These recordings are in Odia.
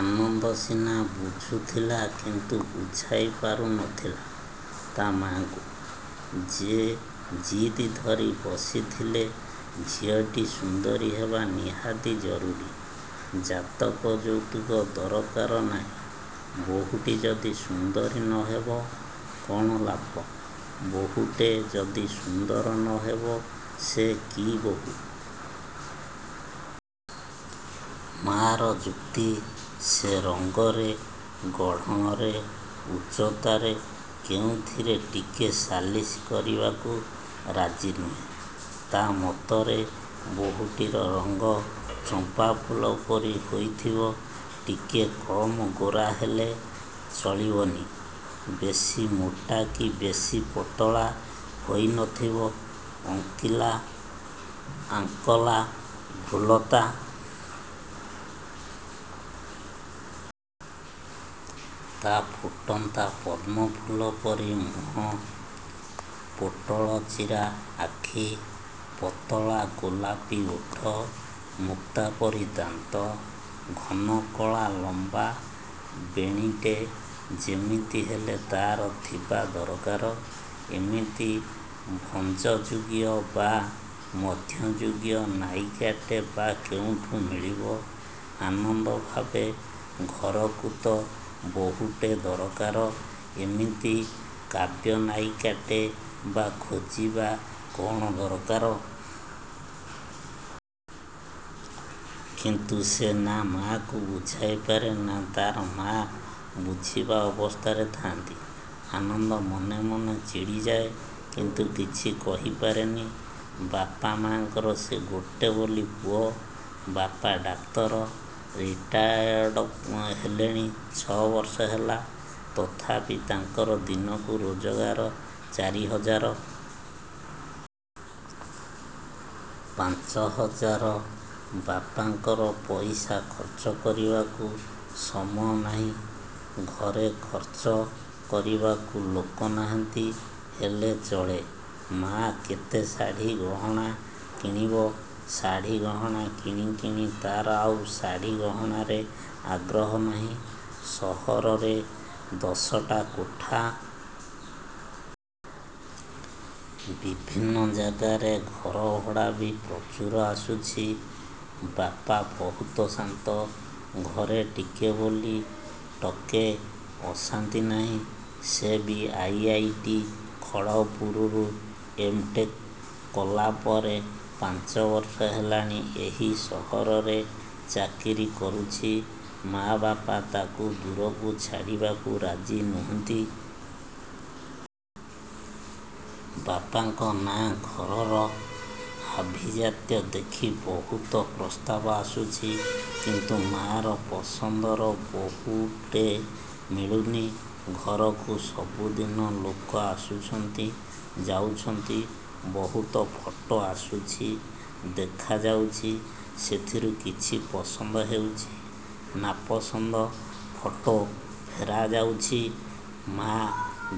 ଆନନ୍ଦ ସିନା ବୁଝୁଥିଲା। କିନ୍ତୁ ବୁଝାଇ ପାରୁନଥିଲା ତା' ମା'ଙ୍କୁ। ଯେ ଜିଦ୍ ଧରି ବସିଥିଲେ ଝିଅଟି ସୁନ୍ଦରୀ ହେବା ନିହାତି ଜରୁରୀ। ଜାତକ ଯୌତୁକ ଦରକାର ନାହିଁ। ବୋହୂଟି ଯଦି ସୁନ୍ଦରୀ ନ ହେବ କ'ଣ ଲାଭ? ବୋହୂଟେ ଯଦି ସୁନ୍ଦର ନ ହେବ ସେ କି ବୋହୂ। ମା'ର ଯୁକ୍ତି। ସେ ରଙ୍ଗରେ, ଗଢ଼ଣରେ, ଉଚ୍ଚତାରେ କେଉଁଥିରେ ଟିକେ ସାଲିସ୍ କରିବାକୁ ରାଜି ନୁହେଁ। ତା' ମତରେ ବୋହୂଟିର ରଙ୍ଗ ଚମ୍ପାଫୁଲ ପରି ହୋଇଥିବ। ଟିକେ କମ୍ ଗୋରା ହେଲେ ଚଳିବନି। ବେଶୀ ମୋଟା କି ବେଶୀ ପତଳା ହୋଇନଥିବ। ଆଙ୍କିଲା ଆଙ୍କଲା ଭ୍ରୁଲତା। ତା' ଫୁଟନ୍ତା ପଦ୍ମ ଫୁଲ ପରି ମୁହଁ। ପୋଟଳ ଚିରା ଆଖି, ପତଳା ଗୋଲାପି ଓଠ, ମୁକ୍ତା ପରି ଦାନ୍ତ। ଘନ କଳା ଲମ୍ବା ବେଣୀଟେ ଯେମିତି ହେଲେ ତା'ର ଥିବା ଦରକାର। ଏମିତି ଭଂଜଯୁଗୀୟ ବା ମଧ୍ୟଯୁଗୀୟ ନାୟିକାଟେ ବା କେଉଁଠୁ ମିଳିବ। ଆନନ୍ଦ ଭାବେ ଘରକୁ ତ ବୋହୂଟେ ଦରକାର ଏମିତି କାବ୍ୟନାୟିକାଟେ ବା ଖୋଜିବା କ'ଣ ଦରକାର? କିନ୍ତୁ ସେ ନା ମା'କୁ ବୁଝାଇପାରେ ନା ତା'ର ମା' ବୁଝିବା ଅବସ୍ଥାରେ ଥା'ନ୍ତି। ଆନନ୍ଦ ମନେ ମନେ ଚିଡ଼ିଯାଏ। କିନ୍ତୁ କିଛି କହିପାରେନି। ବାପା ମା'ଙ୍କର ସେ ଗୋଟେ ବୋଲି ପୁଅ। ବାପା ଡାକ୍ତର। ରିଟାୟାର୍ଡ଼ ହେଲେଣି ଛ' ବର୍ଷ ହେଲା। ତଥାପି ତାଙ୍କର ଦିନକୁ ରୋଜଗାର ଚାରିହଜାର। ପାଂଚ ହଜାର। ବାପାଙ୍କର ପଇସା ଖର୍ଚ୍ଚ କରିବାକୁ ସମୟ ନାହିଁ-। ଘରେ ଖର୍ଚ୍ଚ କରିବାକୁ ଲୋକ ନାହାନ୍ତି ହେଲେ ଚଳେ। ମା' କେତେ ଶାଢ଼ୀ ଗହଣା କିଣିବ? ଶାଢ଼ୀ ଗହଣା କିଣି କିଣି ତା'ର ଆଉ ଶାଢ଼ୀ ଗହଣାରେ ଆଗ୍ରହ ନାହିଁ। ସହରରେ ଦଶଟା କୋଠା। ବିଭିନ୍ନ ଜାଗାରେ। ଘର ଭଡ଼ା ବି ପ୍ରଚୁର ଆସୁଛି। ବାପା ବହୁତ ଶାନ୍ତ। ଘରେ ଟିକେ ବୋଲି ଟକେ ଅଶାନ୍ତି ନାହିଁ। ସେ ବି ଆଇ. ଆଇ. ଟି ଖଡ଼୍ଗପୁରରୁ ଏମ୍ ଟେକ୍ କଲାପରେ ପାଂଚ ବର୍ଷ ହେଲାଣି ଏହି ସହରରେ ଚାକିରୀ କରୁଛି। ମା' ବାପା ତାକୁ ଦୂରକୁ ଛାଡ଼ିବାକୁ ରାଜି ନୁହଁନ୍ତି। ବାପାଙ୍କ ନାଁ ଘରର ଆଭିଜାତ୍ୟ ଦେଖି ବହୁତ ପ୍ରସ୍ତାବ ଆସୁଛି। କିନ୍ତୁ ମା'ର ପସନ୍ଦର ବୋହୂଟେ ମିଳୁନି। ଘରକୁ ସବୁଦିନ ଲୋକ ଆସୁଛନ୍ତି। ଯାଉଛନ୍ତି। ବହୁତ ଫଟୋ ଆସୁଛି। ଦେଖା ଯାଉଛି। ସେଥିରୁ କିଛି ପସନ୍ଦ ହେଉଛି। ନାପସନ୍ଦ ଫଟୋ ଫେରା ଯାଉଛି। ମା'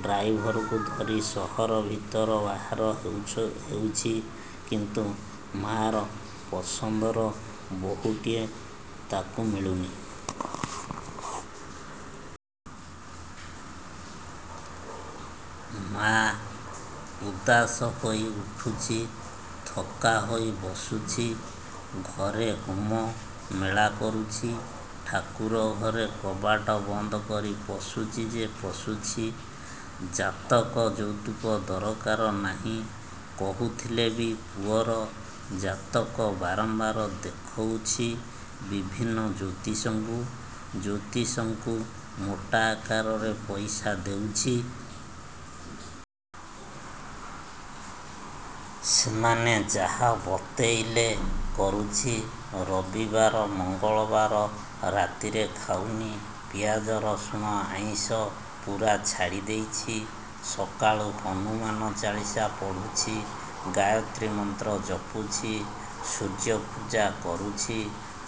ଡ୍ରାଇଭର୍କୁ ଧରି ସହର ଭିତର ବାହାର ହେଉଛି, କିନ୍ତୁ ମା'ର ପସନ୍ଦର ବୋହୂଟିଏ ତାକୁ ମିଳୁନି। ମା' ଉଦାସ ହୋଇ ଉଠୁଛି। ଥକା ହୋଇ ବସୁଛି। ଘରେ ହୋମ, ମେଳା କରୁଛି। ଠାକୁର ଘରେ କବାଟ ବନ୍ଦ କରି ପଶୁଛି ଯେ ପଶୁଛି। ଯାତକ ଯୌତୁକ ଦରକାର ନାହିଁ କହୁଥିଲେ ବି ପୁଅର ଯାତକ ବାରମ୍ବାର ଦେଖଉଛି ବିଭିନ୍ନ ଜ୍ୟୋତିଷଙ୍କୁ। ଜ୍ୟୋତିଷଙ୍କୁ ମୋଟା ଆକାରରେ ପଇସା ଦେଉଛି। ସେମାନେ ଯାହା ବତେଇଲେ କରୁଛି। ରବିବାର, ମଙ୍ଗଳବାର ରାତିରେ ଖାଉନି। ପିଆଜ, ରସୁଣ, ଆଇଁଷ ପୁରା ଛାଡ଼ି ଦେଇଛି। ସକାଳୁ ହନୁମାନ ଚାଳିଶା ପଢ଼ୁଛି, ଗାୟତ୍ରୀ ମନ୍ତ୍ର ଜପୁଛି। ସୂର୍ଯ୍ୟ ପୂଜା କରୁଛି,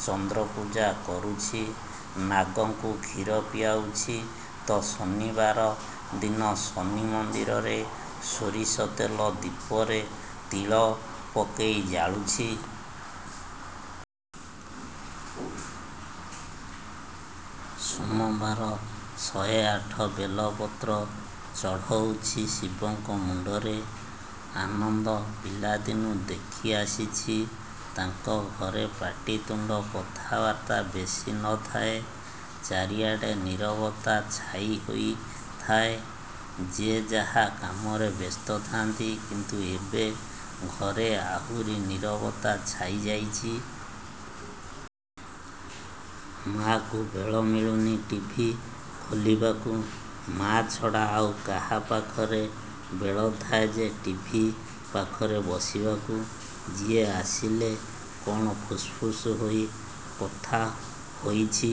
ଚନ୍ଦ୍ର ପୂଜା କରୁଛି। ନାଗଙ୍କୁ କ୍ଷୀର ପିଆଉଛି ତ ଶନିବାର ଦିନ ଶନି ମନ୍ଦିରରେ ସୋରିଷ ତେଲ ଦୀପରେ ତିଳ ପକେଇ ଜାଳୁଛି। ସୋମବାର ଶହେଆଠ ବେଲପତ୍ର ଚଢ଼ଉଛି ଶିବଙ୍କ ମୁଣ୍ଡରେ। ଆନନ୍ଦ ପିଲାଦିନୁ ଦେଖି ଆସିଛି। ତାଙ୍କ ଘରେ ପାଟିତୁଣ୍ଡ, କଥାବାର୍ତ୍ତା ବେଶୀ ନ ଥାଏ। ଚାରିଆଡ଼େ ନୀରବତା ଛାଇ ହୋଇଥାଏ। ଯେ ଯାହା କାମରେ ବ୍ୟସ୍ତ ଥାଆନ୍ତି। କିନ୍ତୁ ଏବେ ଘରେ ଆହୁରି ନୀରବତା ଛାଇ ଯାଇଛି। ମା'କୁ ବେଳ ମିଳୁନି ଟିଭି ଖୋଲିବାକୁ। ମା' ଛଡ଼ା ଆଉ କାହା ପାଖରେ ବେଳ ଥାଏ ଯେ ଟିଭି ପାଖରେ ବସିବାକୁ। ଯିଏ ଆସିଲେ କ'ଣ ଫୁସ୍ଫୁସ୍ ହୋଇ କଥା ହୋଇଛି।